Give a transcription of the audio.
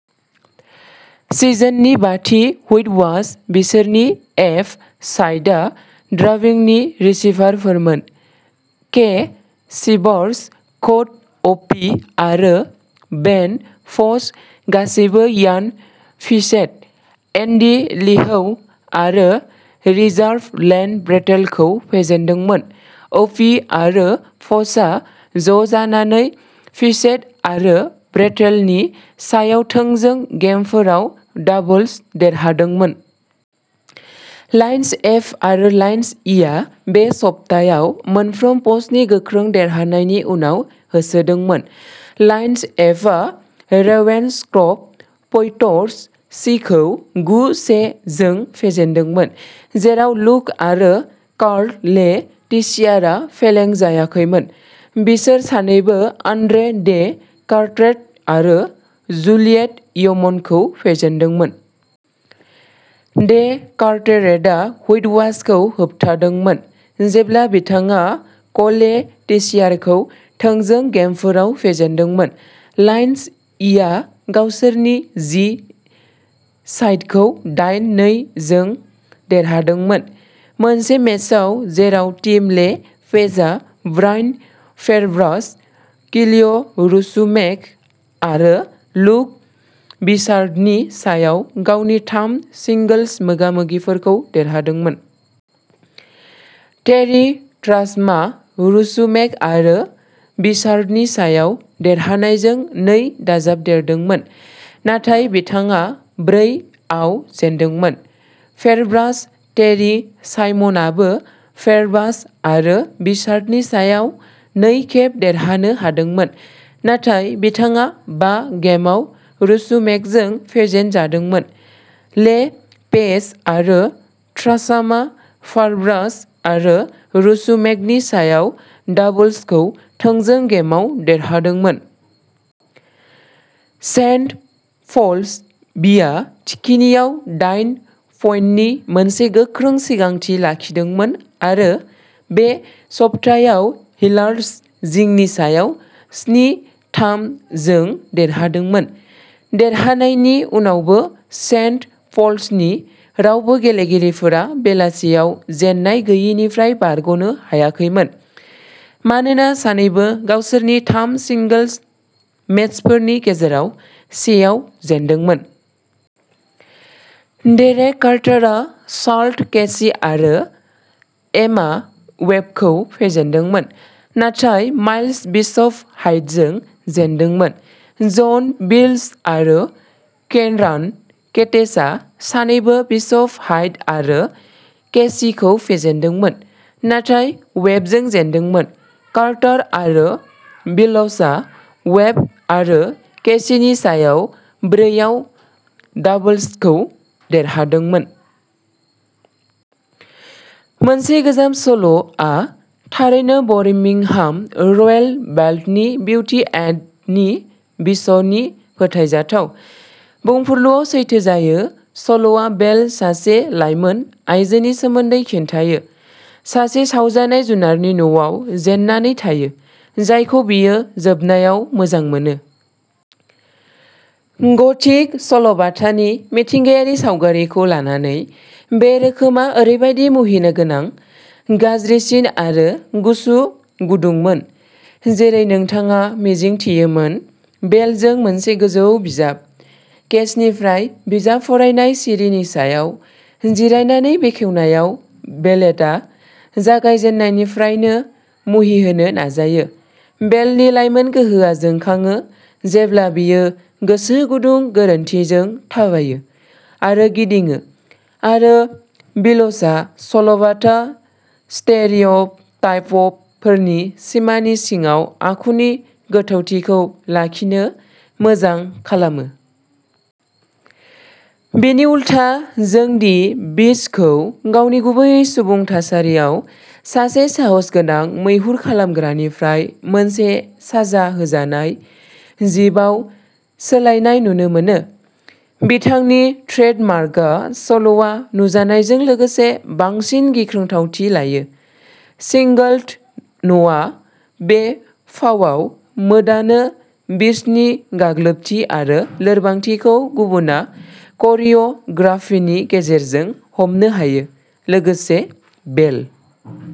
सिजननि बाथि हुइटवाश बिसोरनि एफ साइडआ ड्राबिंनि रिसिभारफोरमोन। के चिवार्स, कोथ ओपि आरो बेन फ'स गासैबो इयान फिचेट, एन्डी लिहौ आरो रिजार्भ लेन ब्रेटेलखौ फेजेनदोंमोन। ओपि आरो फ'सआ ज'जानानै फिचेट आरो ब्रेटेलनि सायाव थोंजों गेमफोराव डाबल्स देरहादोंमोन। लायन्स एफ आरो लायन्स इआ बे सप्तायाव मोनफ्रोम पोस्टनि गोख्रों देरहानायनि उनाव होसोदोंमोन। लायन्स एफआ रेवेन्सक्रफ्ट पैथर्स सीखौ गु-से जों फेजेनदोंमोन। जेराव लुक आरो कार्ल ले टिसियारआ फेलें जायाखैमोन। बिसोर सानैबो आन्द्रे डे कारट्रेट आरो जुलियट यमनखौ फेजेनदोंमोन। डे कार्टेरेटआ हुइटवाशखौ होबथादोंमोन जेब्ला बिथाङा कले टिसियारखौ थोंजों गेमफोराव फेजेनदोंमोन। लायन्स इआ गावसोरनि जी साइडखौ दाइन -नै जों देरहादोंमोन। मोनसे मेचआव जेराव टिम ले पेजआ ब्रायन फेरब्राच, क्लिय'रसुमेक आरो लुक बिचार्डनि सायाव गावनि थाम सिंगल्स मोगा-मोगिफोरखौ देरहादोंमोन। टेरी ट्रास्मआ रसुमेक आरो बिचार्डनि सायाव देरहानायजों नै दाजाबदेरदोंमोन। नाथाय बिथाङा ब्रै आव जेनदोंमोन। फेरब्राश। टेरि साइमनआबो फेरब्राश आरो बिचार्डनि सायाव नै खेब देरहानो हादोंमोन। नाथाय बिथाङा बा गेमआव रसुमेकजों फेजेनजादोंमोन। ले पेज आरो ट्रासामा फारब्राश आरो रसुमेकनि सायाव डाबल्सखौ थोंजों गेमआव देरहादोंमोन। सेन्ट पल्स बिआ थिखिनिआव दाइन पइन्टनि मोनसे गोख्रों सिगांथि लाखिदोंमोन आरो बे सप्तायाव हिस्लार्स जिंनि सायाव स्नि-थाम जों देरहादोंमोन। देरहानायनि उनावबो सेन्ट पल्सनि रावबो गेलेगिरिफोरा बेलासियाव जेननाय गैयैनिफ्राय बारग'नो हायाखैमोन। मानोना सानैबो गावसोरनि थाम सिंगल्स मेचफोरनि गेजेराव से आव जेनदोंमोन। डेरेक कार्टरआ शार्लट केसि आरो एमा वेबखौ फेजेनदोंमोन। नाथाय माइल्स बिशप हाइटजों जेनदोंमोन। जन विल्स आरो केइरान कटेचा सानैबो बिशप हाइट आरो केसिखौ फेजेनदोंमोन। नाथाय वेबजों जेनदोंमोन। कार्टार आरो विलसआ वेब आरो केसिनि सायाव ब्रै आव डाबल्सखौ देरहादोंमोन। मोनसे गोजाम सल आ थारैनो बरमिंहाम रयेल बेल्टनि बिउटि एन्डनि बिसनि फोथायजाथाव बुंफुरलुआव सैथो जायो। सल'आ बेल सासे लाइमोन आयजोनि सोमोन्दै खिन्थायो। सासे सावजानाय जुनारनि न'आव जेन्नांनानै थायो। जायखौ बियो जोबनायाव मोजां मोनो। गथिक सल'बाथानि मिथिंगायारि सावगारिखौ लानानै बे रोखोमआ ओरैबायदि मुहिनिगोनां गाज्रिसिन आरो गोसो गुदुंमोन जेरै नोंथाङा मिजिंथियोमोन। बेलजों मोनसे गोजौ बिजाब केसनिफ्राय बिजाब फरायनाय सिरिनि सायाव जिरायनानै बेखेवनायाव बेलेटआ जागायजेन्नायनिफ्रायनो मुहिहोनो नाजायो। बेलनि लाइमोन गोहोआ जोंखाङो जेब्ला बियो गोसो गुदुं गोरोनथिजों थाबायो आरो गिदिङो आरो विलसआ सल'बाथा स्टेरियोटाइपपफोरनि सिमानि सिङाव आखुनि गोथौथिखौ लाखिनो मोजां खालामो। बिनि उलथा जों दि बिस्ट खौ गावनि गुबै सुबुं थासारियाव सासे साहसगोनां मैहुर खालामग्रानिफ्राय मोनसे साजा होजानाय जिबआव सोलायनाय नुनो मोनो। बिथांनि ट्रेडमार्कआ सल'आ नुजानायजों लोगोसे बांसिन गिख्रंथावथि लायो। सिंगलट नआ बे फावआव मोदानो बिस्टनि गाग्लोबथि आरो लोरबांथिखौ गुबुना करिय'ग्राफिनि गेजेरजों हमनो हायो। लोगोसे बेल।